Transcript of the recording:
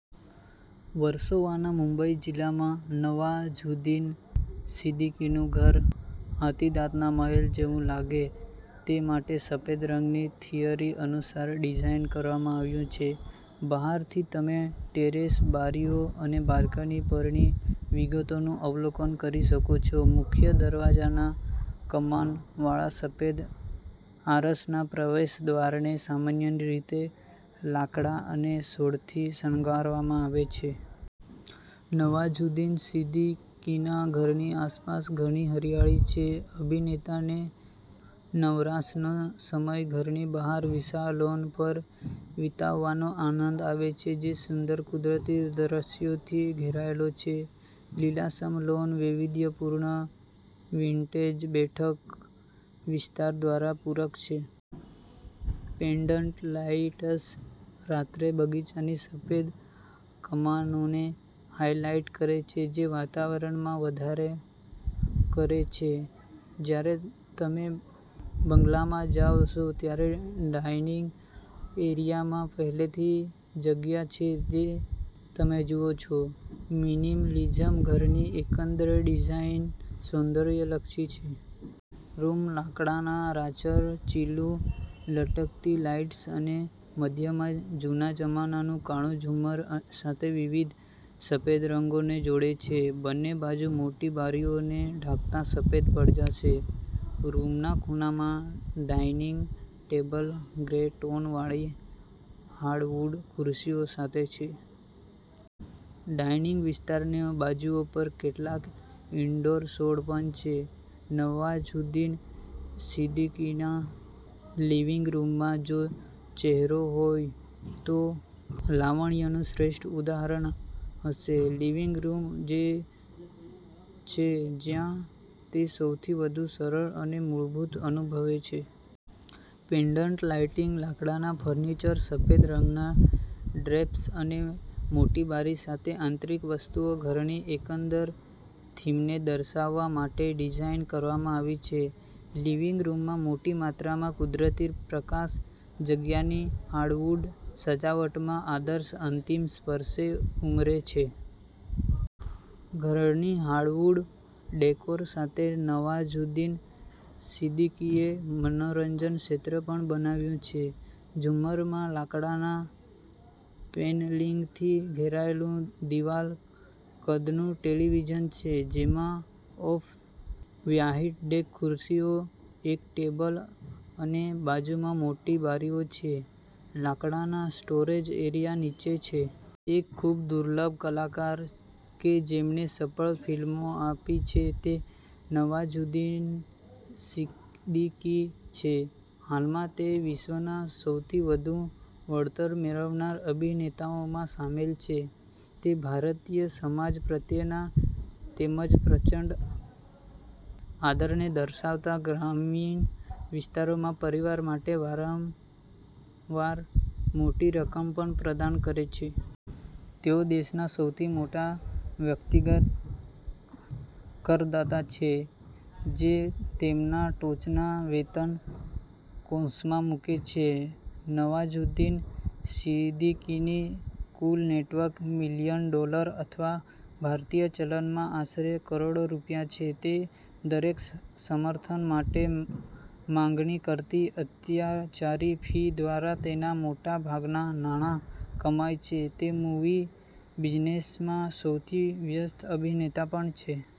વર્સોવાના મુંબઈ જિલ્લામાં નવાઝુદ્દીન સિદ્દીકીનું ઘર હાથીદાંતના મહેલ જેવું લાગે તે માટે સફેદ રંગની થિયરી અનુસાર ડિઝાઇન કરવામાં આવ્યું છે. બહારથી તમે ટેરેસ, બારીઓ અને બાલ્કની પરની વિગતોનું અવલોકન કરી શકો છો. મુખ્ય દરવાજાના કમાન વાળા સફેદ આરસના પ્રવેશદ્વારને સામાન્ય રીતે લાકડા અને સોડથી શણગારવામાં આવે છે. નવાઝુદ્દીન સિદ્દીકીના ઘરની આસપાસ ઘણી હરિયાળી છે. અભિનેતાને નવરાશનો સમય ઘરની બહારના વિશાળ લૉન પર વિતાવવાના આનંદ આવે છે જે સુંદર કુદરતી દૃશ્યોથી ઘેરાયેલો છે. લીલાસમ લૉન વૈવિધ્યપૂર્ણ વિન્ટેજ બેઠક વિસ્તાર દ્વારા પૂરક છે. પેન્ડન્ટ લાઇટસ રાત્રે બગીચાની સફેદ કમાનોને હાઇલાઇટ કરે છે જે વાતાવરણમાં વધારે કરે છે. જ્યારે તમે બંગલામાં જાવ સો, ત્યારે ડાઇનિંગ એરિયા પહેલી જગ્યા છે જે તમે જુઓ છો. મિનિમલિઝમ ઘરની એકંદર ડિઝાઇન સૌંદર્યલક્ષી છે. રૂમ લાકડાના રાચરચીલું, લટકતી લાઇટ્સ અને મધ્યમાં જૂના જમાનાનું કાળું ઝુમ્મર સાથે વિવિધ સફેદ રંગોને જોડે છે. બંને બાજુ મોટી બારીઓને ઢાંકતા સફેદ પડદા છે. રૂમના ખૂણામાં ડાઇનિંગ ટેબલ ગ્રે-ટોન વાળી હાર્ડવુડ ખુરશીઓ સાથે છે. ડાઇનિંગ વિસ્તારની બાજુઓ પર કેટલાક ઇન્ડોર સોડ પણ છે. નવાઝુદ્દીન સિદ્દીકીના લિવિંગ રૂમમાં જો ચહેરો હોય તો લાવણ્યનું શ્રેષ્ઠ ઉદાહરણ હશે. લિવિંગ રૂમ જે છે જ્યાં તે સૌથી વધુ સરળ અને મૂળભૂત અનુભવે છે. પેન્ડન્ટ લાઇટિંગ, લાકડાના ફર્નિચર, સફેદ રંગના ડ્રેપ્સ અને મોટી બારી સાથે, આંતરિક વસ્તુઓ ઘરની એકંદર થીમને દર્શાવવા માટે ડિઝાઇન કરવામાં આવી છે. લિવિંગ રૂમમાં મોટી માત્રામાં કુદરતી પ્રકાશ જગ્યાની હાર્ડવુડ સજાવટમાં આદર્શે અંતિમ સ્પર્શ ઉમરે છે. ઘરની હાર્ડવુડ ડેકોર સાથે નવાઝુદ્દીન સિદ્દીકીએ મનોરંજન ક્ષેત્ર પણ બનાવ્યું છે. ઝુમ્મર માં લાકડાના પેનલિંગથી ઘેરાયેલું દિવાલ-કદનું ટેલિવિઝન છે જેમાં ઑફ-વ્યાહઇટ ડેક ખુરશીઓ, એક ટેબલ અને બાજુમાં મોટી બારીઓ છે. લાકડાના સ્ટોરેજ એરિયા નીચે છે. એક ખૂબદુર્લભ કલાકાર કે જેમણે સફળ ફિલ્મો આપી છે તે નવાઝુદ્દીન સિદ્દીકી છે. હાલમાં તે વિશ્વના સૌથી વધુ વળતર મેળવનારા અભિનેતાઓમાં સામેલ છે. તે ભારતીય સમાજ પ્રત્યેના તેમજ પ્રચંડ આદરને દર્શાવતા ગ્રામીણ વિસ્તારોમાં પરિવાર માટે વારંવાર મોટી રકમ પણ પ્રદાન કરે છે. તેઓ દેશના સૌથી મોટા વ્યક્તિગત કરદાતા છે જે તેમના ટોચના વેતન કૌંસમાં મૂકે છે. નવાઝુદ્દીન સિદ્દીકીની કુલ નેટવર્ક મિલિયન ડોલર અથવા ભારતીય ચલણમાં આશરે કરોડ રૂપિયા છે. તે દરેક સમર્થન માટે માંગણી કરતી અત્યાચારી ફી દ્વારા તેના મોટા ભાગના નાણાં કમાય છે. તે મૂવી બિઝનેસમાં સૌથી વ્યસ્ત અભિનેતા પણ છે.